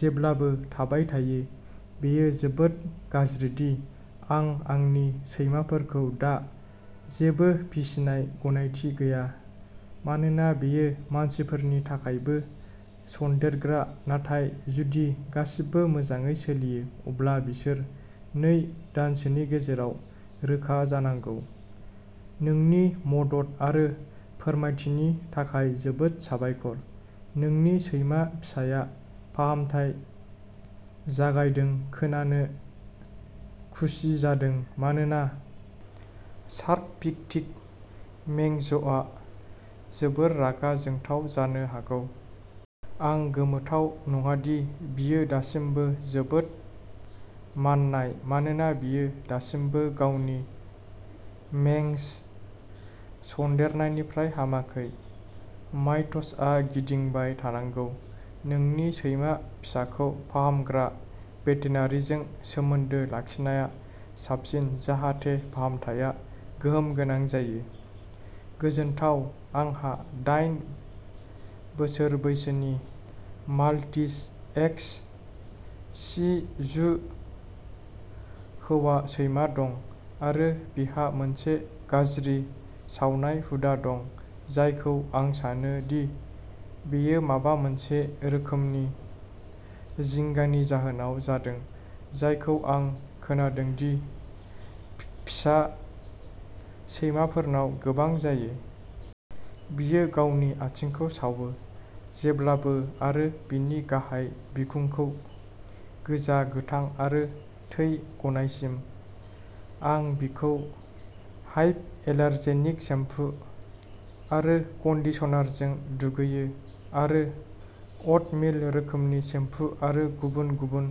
जेब्लाबो थाबाय थायो। बेयो जोबोद गाज्रिदि आं आंनि सैमाफोरखौ दा जेबो फिसिनाय गनायथि गैया मानोना बेयो मानसिफोरनि थाखायबो सनदेरग्रा नाथाय जुदि गासिबो मोजाङै सोलियो अब्ला बिसोर नै दानसोनि गेजेराव रोखा जानांगौ। नोंनि मदद आरो फोरमायथिनि थाखाय जोबोद साबायखर नोंनि सैमा फिसाया फाहामथाय जागायदों खोनानो खुसि जादों मानोना सार्क'प्टिक मेंजआ जोबोद रागा जोंथाव जानो हागौ। आं गोमोथाव नङादि बियो दासिमबो जोबोद माननाय मानोना बियो दासिमबो गावनि मेंज सन्देरनायनिफ्राय हामाखै। माइट्सआ गिदिंबाय थानांगौ। नोंनि सैमा फिसाखौ फाहामग्रा भेटेनारिजों सोमोन्दो लाखिनाया साबसिन जाहाथे फाहामथाया गोहोम गोनां जायो। गोजोनथाव। आंहा दाइन बोसोर बैसोनि माल्टिज एक्स शि जु हौवा सैमा दं आरो बिहा मोनसे गाज्रि सावनाय हुदा दं जायखौ आं सानो दि बेयो माबा मोनसे रोखोमनि जिंगानि जाहोनाव जादों जायखौ आं खोनादोंदि फिसा सैमाफोरनाव गोबां जायो। बियो गावनि आथिंखौ सावो। जेब्लाबो आरो बिनि गाहाय बिखुंखौ गोजा गोथां आरो थै गनायसिम। आं बिखौ हाइप'एलार्जेनिक सेम्पु आरो कन्डिशनारजों दुगैयो आरो अ'ट मिल रोखोमनि सेम्पु आरो गुबुन गुबुन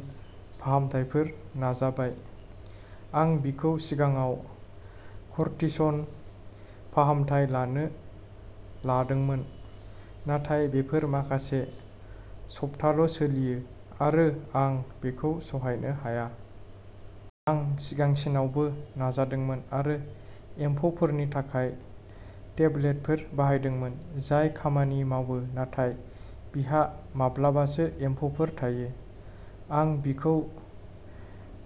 फाहामथायफोर नाजाबाय। आं बिखौ सिगाङाव कर्टिसन फाहामथाय लानो लादोंमोन नाथाय बेफोर माखासे सप्ताल' सोलियो आरो आं बेखौ सहायनो हाया। आं सिगांसिनावबो नाजादोंमोन आरो एम्फौफोरनि थाखाय टेबलेटफोर बाहायदोंमोन जाय खामानि मावो नाथाय बिहा माब्लाबासो एम्फौफोर थायो। आं बिखौ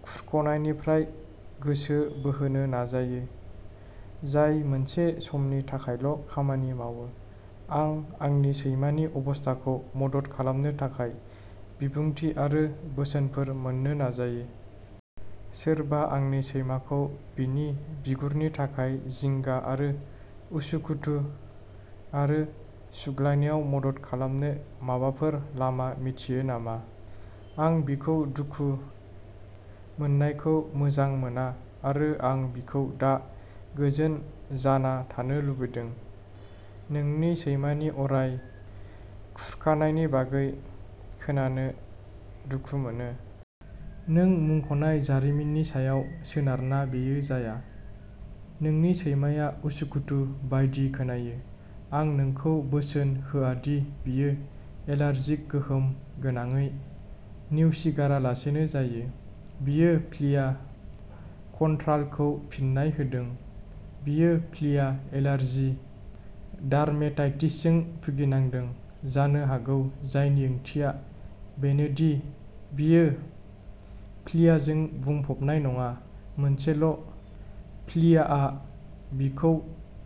खुरख'नायनिफ्राय गोसो बोहोनो नाजायो जाय मोनसे समनि थाखायल' खामानि मावो। आं आंनि सैमानि अबस्थाखौ मदद खालामनो थाखाय बिबुंथि आरो बोसोनफोर मोन्नो नाजायो। सोरबा आंनि सैमाखौ बिनि बिगुरनि थाखाय जिंगा आरो उसुखुथु आरो सुग्लायनायाव मदद खालामनो माबाफोर लामा मिथियो नामा? आं बिखौ दुखु मोननायखौ मोजां मोना आरो आं बिखौ दा गोजोन जाना थानो लुबैदों। नोंनि सैमानि अराय खुरखानायनि बागै खोनानो दुखु मोनो। नों मुंख'नाय जारिमिननि सायाव सोनारना बेयो जाया। नोंनि सैमाया उसुखुथु बायदि खोनायो। आं नोंखौ बोसोन होआदि बियो एलार्जिखौ गोहोम गोनाङै नेवसिगारालासेनो जायो। बियो फ्लिया कन्ट्र'लखौ फिन्नाय होदों बियो फ्लिया एलार्जि डार्मेटाइटिसजों भुगिनांदों जानो हागौ जायनि ओंथिया बेनोदि बियो फ्लियाजों बुंफबनाय नङा मोनसेल' फ्लियाआ बिखौ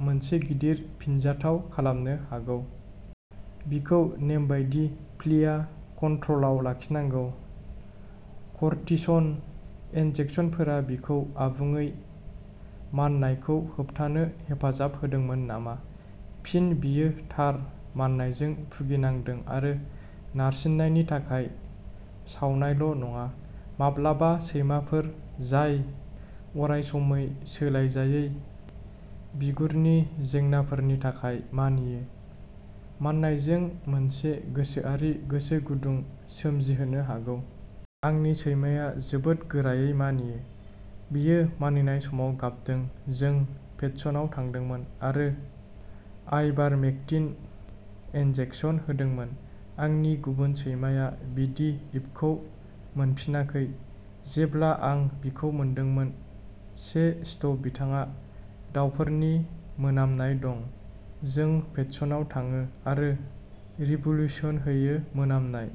मोनसे गिदिर फिनजाथाय खालामनो हागौ। बिखौ नेमबादि फ्लिया कन्ट्र'लाव लाखिनांगौ। कर्टिसन इन्जेक्सनफोरा बिखौ आबुङै माननायखौ होबथानो हेफाजाब होदोंमोन नामा? फिन बियो थार माननायजों भुगिनांदों आरो नारसिननायनि थाखाय सावनायल' नङा। माब्लाबा सैमाफोर जाय अरायसमै सोलाइजायै बिगुरनि जेंनाफोरनि थाखाय मानियो माननायजों मोनसे गोसोआरि गोसो गुदुं सोमजिहोनो हागौ। आंनि सैमाया जोबोद गोरायै मानियो। बियो मानिनाय समाव गाबदों जों भेट्सनाव थांदोंमोन आरो आइभारमेक्टिन इन्जेकसन होदोंमोन। आंनि गुबुन सैमाया बिटि इभ'खौ मोनफिनाखै। जेब्ला आं बिखौ मोनदोंमोन से स्ट बिथाङा दावफोरनि मोनामनाय दं। जों भेट्सनाव थाङो आरो रिभ'ल्युसन होयो मोनामनाय।